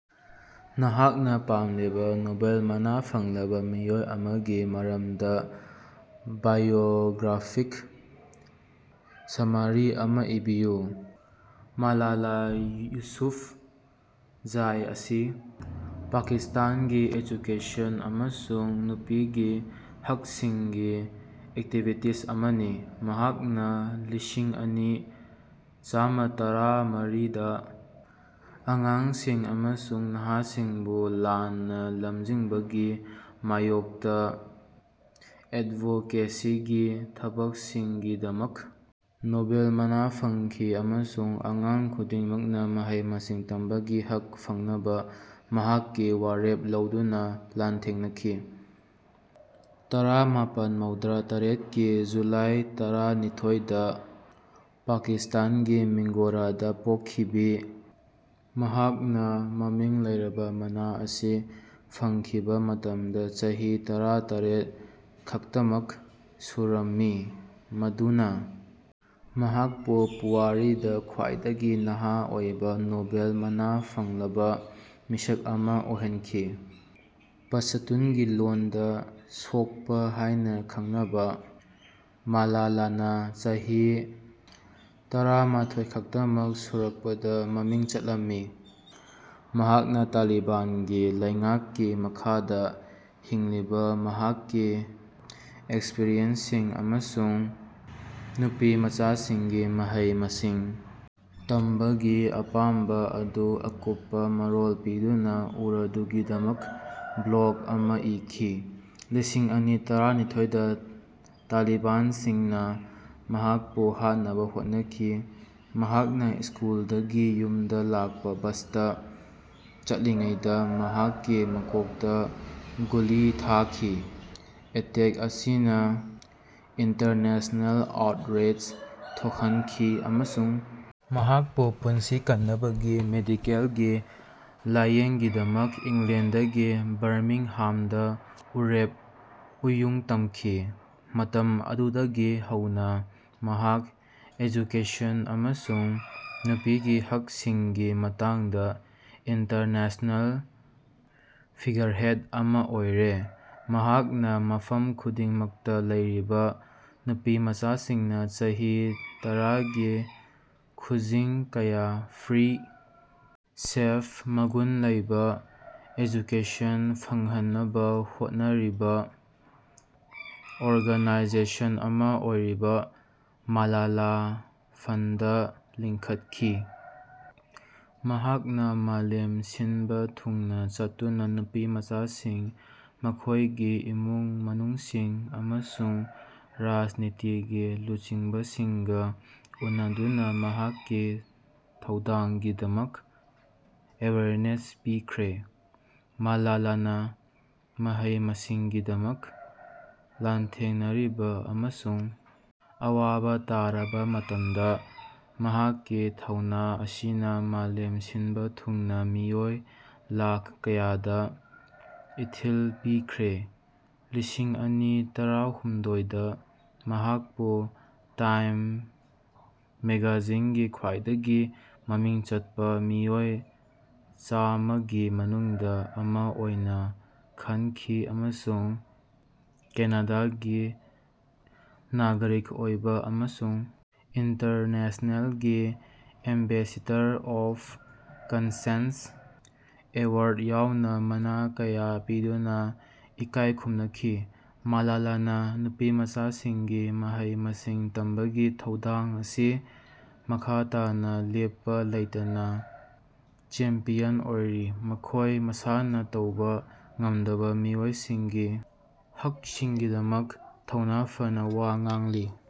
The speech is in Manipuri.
ꯅꯍꯥꯛꯅꯥ ꯄꯥꯝꯂꯤꯕꯥ ꯅꯣꯕꯦꯜ ꯃꯅꯥ ꯐꯪꯂꯕꯥ ꯃꯤꯑꯣꯏ ꯑꯃꯒꯤ ꯃꯔꯝꯗꯥ ꯕꯥꯏꯑꯣꯒ꯭ꯔꯥꯐꯤꯛ ꯁꯝꯃꯥꯔꯤ ꯑꯃꯥ ꯏꯕꯤꯌꯨ꯫ ꯃꯥꯂꯥꯂꯥ ꯌꯨꯁꯨꯐꯖꯥꯏ ꯑꯁꯤ ꯄꯥꯀꯤꯁꯇꯥꯟꯒꯤ ꯑꯦꯖꯨꯀꯦꯁꯟ ꯑꯃꯁꯨꯡ ꯅꯨꯄꯤꯒꯤ ꯍꯛꯁꯤꯡꯒꯤ ꯑꯦꯛꯇꯤꯕꯤꯇꯤꯁ ꯑꯃꯅꯤ, ꯃꯍꯥꯛꯅꯥ ꯂꯤꯁꯤꯡꯑꯅꯤ ꯆꯥꯝꯇꯔꯥꯃꯔꯤꯗꯥ ꯑꯉꯥꯡꯁꯤꯡ ꯑꯃꯁꯨꯡ ꯅꯍꯥꯁꯤꯡꯕꯨ ꯂꯥꯟꯅꯥ ꯂꯝꯖꯤꯡꯕꯒꯤ ꯃꯥꯌꯣꯛꯇꯥ ꯑꯦꯗꯚꯣꯀꯦꯁꯤꯒꯤ ꯊꯕꯛꯁꯤꯡꯒꯤꯗꯃꯛ ꯅꯣꯕꯦꯜ ꯃꯅꯥ ꯐꯪꯈꯤ, ꯑꯃꯁꯨꯡ ꯑꯉꯥꯡ ꯈꯨꯗꯤꯡꯃꯛꯅꯥ ꯃꯍꯩ-ꯃꯁꯤꯡ ꯇꯝꯕꯒꯤ ꯍꯛ ꯐꯪꯅꯕꯥ ꯃꯍꯥꯛꯀꯤ ꯋꯥꯔꯦꯞ ꯂꯧꯗꯨꯅꯥ ꯂꯥꯟꯊꯦꯡꯅꯈꯤ꯫ ꯇꯔꯥꯃꯥꯄꯟ ꯃꯧꯗ꯭ꯔꯥꯇꯔꯦꯠꯀꯤ ꯖꯨꯂꯥꯏ ꯇꯔꯥꯅꯤꯊꯣꯏꯗꯥ ꯄꯥꯀꯤꯁꯇꯥꯟꯒꯤ ꯃꯤꯡꯒꯣꯔꯥꯗꯥ ꯄꯣꯛꯈꯤꯕꯤ ꯃꯍꯥꯛꯅꯥ ꯃꯃꯤꯡ ꯂꯩꯔꯕꯥ ꯃꯅꯥ ꯑꯁꯤ ꯐꯪꯈꯤꯕꯥ ꯃꯇꯝꯗꯥ ꯆꯍꯤ ꯇꯔꯥꯇꯔꯦꯠ ꯈꯛꯇꯃꯛ ꯁꯨꯔꯝꯃꯤ, ꯃꯗꯨꯅꯥ ꯃꯍꯥꯛꯄꯨ ꯄꯨꯋꯥꯔꯤꯗꯥ ꯈ꯭ꯋꯥꯏꯗꯒꯤ ꯅꯍꯥ ꯑꯣꯏꯕꯥ ꯅꯣꯕꯦꯜ ꯃꯅꯥ ꯐꯪꯂꯕꯥ ꯃꯤꯁꯛ ꯑꯃꯥ ꯑꯣꯏꯍꯟꯈꯤ꯫ ꯄꯁꯇꯨꯟꯒꯤ ꯂꯣꯟꯗꯥ ꯁꯣꯛꯄꯥ ꯍꯥꯏꯅꯥ ꯈꯪꯅꯕꯥ ꯃꯥꯂꯥꯂꯥꯅꯥ ꯆꯍꯤ ꯇꯔꯥꯃꯥꯊꯣꯏ ꯈꯛꯇꯃꯛ ꯁꯨꯔꯛꯄꯗꯥ ꯃꯃꯤꯡ ꯆꯠꯂꯝꯃꯤ, ꯃꯍꯥꯛꯅꯥ ꯇꯥꯂꯤꯕꯥꯟꯒꯤ ꯂꯩꯉꯥꯛꯀꯤ ꯃꯈꯥꯗꯥ ꯍꯤꯡꯂꯤꯕꯥ ꯃꯍꯥꯛꯀꯤ ꯑꯦꯛꯁꯄꯔꯤꯌꯦꯟꯁꯁꯤꯡ ꯑꯃꯁꯨꯡ ꯅꯨꯄꯤꯃꯆꯥꯁꯤꯡꯒꯤ ꯃꯍꯩ-ꯃꯁꯤꯡ ꯇꯝꯕꯒꯤ ꯑꯄꯥꯝꯕꯥ ꯑꯗꯨ ꯑꯀꯨꯞꯄꯥ ꯃꯔꯣꯜ ꯄꯤꯗꯨꯅꯥ ꯎꯔꯗꯨꯒꯤꯗꯃꯛ ꯕ꯭ꯂꯣꯒ ꯑꯃꯥ ꯏꯈꯤ꯫ ꯂꯤꯁꯤꯡ ꯑꯅꯤ ꯇꯔꯥꯅꯤꯊꯣꯏꯗꯥ ꯇꯥꯂꯤꯕꯥꯟꯁꯤꯡꯅꯥ ꯃꯍꯥꯛꯄꯨ ꯍꯥꯠꯅꯕꯥ ꯍꯣꯠꯅꯈꯤ, ꯃꯍꯥꯛꯅꯥ ꯁ꯭ꯀꯨꯜꯗꯒꯤ ꯌꯨꯝꯗꯥ ꯂꯥꯛꯄꯥ ꯕꯁꯇꯥ ꯆꯠꯂꯤꯉꯩꯗꯥ ꯃꯍꯥꯛꯀꯤ ꯃꯀꯣꯛꯇꯥ ꯒꯨꯂꯤ ꯊꯥꯈꯤ꯫ ꯑꯦꯇꯦꯛ ꯑꯁꯤꯅꯥ ꯏꯟꯇꯔꯅꯦꯁꯅꯦꯜ ꯑꯥꯎꯠꯔꯦꯖ ꯊꯣꯛꯍꯟꯈꯤ ꯑꯃꯁꯨꯡ ꯃꯍꯥꯛꯄꯨ ꯄꯨꯟꯁꯤ ꯀꯟꯅꯕꯒꯤ ꯃꯦꯗꯤꯀꯦꯜꯒꯤ ꯂꯥꯌꯦꯡꯒꯤꯗꯃꯛ ꯏꯪꯂꯦꯟꯗꯒꯤ ꯕꯔꯃꯤꯡꯍꯥꯝꯗꯥ ꯎꯔꯦꯞ ꯎꯌꯨꯡ ꯇꯝꯈꯤ꯫ ꯃꯇꯝ ꯑꯗꯨꯗꯒꯤ ꯍꯧꯅꯥ ꯃꯍꯥꯛ ꯑꯦꯖꯨꯀꯦꯁꯟ ꯑꯃꯁꯨꯡ ꯅꯨꯄꯤꯒꯤ ꯍꯛꯁꯤꯡꯒꯤ ꯃꯇꯥꯡꯗꯥ ꯏꯟꯇꯔꯅꯦꯁꯅꯦꯜ ꯐꯤꯒꯔꯍꯦꯗ ꯑꯃꯥ ꯑꯣꯏꯔꯦ꯫ ꯃꯍꯥꯛꯅꯥ ꯃꯐꯝ ꯈꯨꯗꯤꯡꯃꯛꯇꯥ ꯂꯩꯔꯤꯕꯥ ꯅꯨꯄꯤꯃꯆꯥꯁꯤꯡꯅꯥ ꯆꯍꯤ ꯇꯔꯥꯒꯤ ꯈꯨꯖꯤꯡ ꯀꯌꯥ ꯐ꯭ꯔꯤ, ꯁꯦꯐ, ꯃꯒꯨꯟ ꯂꯩꯕꯥ ꯑꯦꯖꯨꯀꯦꯁꯟ ꯐꯪꯍꯟꯅꯕꯥ ꯍꯣꯠꯅꯔꯤꯕꯥ ꯑꯣꯔꯒꯅꯥꯏꯖꯦꯁꯟ ꯑꯃꯥ ꯑꯣꯏꯔꯤꯕꯥ ꯃꯥꯂꯥꯂꯥ ꯐꯟꯗ ꯂꯤꯡꯈꯠꯈꯤ꯫ ꯃꯍꯥꯛꯅꯥ ꯃꯥꯂꯦꯝ ꯁꯤꯟꯕꯥ ꯊꯨꯡꯅꯥ ꯆꯠꯇꯨꯅꯥ ꯅꯨꯄꯤꯃꯆꯥꯁꯤꯡ, ꯃꯈꯣꯏꯒꯤ ꯏꯃꯨꯡ ꯃꯅꯨꯡꯁꯤꯡ, ꯑꯃꯁꯨꯡ ꯔꯥꯖꯅꯤꯇꯤꯒꯤ ꯂꯨꯆꯤꯡꯕꯁꯤꯡꯒꯥ ꯎꯅꯗꯨꯅꯥ ꯃꯍꯥꯛꯀꯤ ꯊꯧꯗꯥꯡꯒꯤꯗꯃꯛ ꯑꯦꯋꯦꯌꯔꯅꯦꯁ ꯄꯤꯈ꯭ꯔꯦ꯫ ꯃꯥꯂꯥꯂꯥꯅꯥ ꯃꯍꯩ-ꯃꯁꯤꯡꯒꯤꯗꯃꯛ ꯂꯥꯟꯊꯦꯡꯅꯔꯤꯕꯥ ꯑꯃꯁꯨꯡ ꯑꯋꯥꯕꯥ ꯇꯥꯔꯕꯥ ꯃꯇꯝꯗꯥ ꯃꯍꯥꯛꯀꯤ ꯊꯧꯅꯥ ꯑꯁꯤꯅꯥ ꯃꯥꯂꯦꯝ ꯁꯤꯟꯕꯥ ꯊꯨꯡꯅꯥ ꯃꯤꯑꯣꯏ ꯂꯥꯈ ꯀꯌꯥꯗꯥ ꯏꯊꯤꯜ ꯄꯤꯈ꯭ꯔꯦ꯫ ꯂꯤꯁꯤꯡꯑꯅꯤ ꯇꯔꯥꯍꯨꯝꯗꯣꯏꯗ ꯃꯍꯥꯛꯄꯨ ꯇꯥꯏꯝ ꯃꯦꯒꯥꯖꯤꯟꯒꯤ ꯈ꯭ꯋꯥꯏꯗꯒꯤ ꯃꯃꯤꯡ ꯆꯠꯄꯥ ꯃꯤꯑꯣꯏ ꯆꯥꯝꯃꯥꯒꯤ ꯃꯅꯨꯡꯗꯥ ꯑꯃꯥ ꯑꯣꯏꯅꯥ ꯈꯟꯈꯤ ꯑꯃꯁꯨꯡ ꯀꯦꯅꯥꯗꯥꯒꯤ ꯅꯥꯒ꯭ꯔꯤꯛ ꯑꯣꯏꯕꯥ ꯑꯃꯁꯨꯡ ꯏꯟꯇꯔꯅꯦꯁꯅꯦꯜꯒꯤ ꯑꯦꯝꯕꯦꯁꯦꯗꯔ ꯑꯣꯐ ꯀꯟꯁꯦꯟꯁ ꯑꯦꯋꯥꯔꯗ ꯌꯥꯎꯅꯥ ꯃꯅꯥ ꯀꯌꯥ ꯄꯤꯗꯨꯅꯥ ꯏꯀꯥꯏ ꯈꯨꯝꯅꯈꯤ꯫ ꯃꯥꯂꯥꯂꯥꯅꯥ ꯅꯨꯄꯤꯃꯆꯥꯁꯤꯡꯒꯤ ꯃꯍꯩ-ꯃꯁꯤꯡ ꯇꯝꯕꯒꯤ ꯊꯧꯗꯥꯡ ꯑꯁꯤ ꯃꯈꯥ ꯇꯥꯅꯥ ꯂꯦꯞꯄꯥ ꯂꯩꯇꯅꯥ ꯆꯦꯝꯄꯤꯌꯟ ꯑꯣꯏꯔꯤ, ꯃꯈꯣꯏ ꯃꯁꯥꯅꯥ ꯇꯧꯕꯥ ꯉꯝꯗꯕꯥ ꯃꯤꯑꯣꯏꯁꯤꯡꯒꯤ ꯍꯛꯁꯤꯡꯒꯤꯗꯃꯛ ꯊꯧꯅꯥ ꯐꯅꯥ ꯋꯥ ꯉꯥꯡꯂꯤ꯫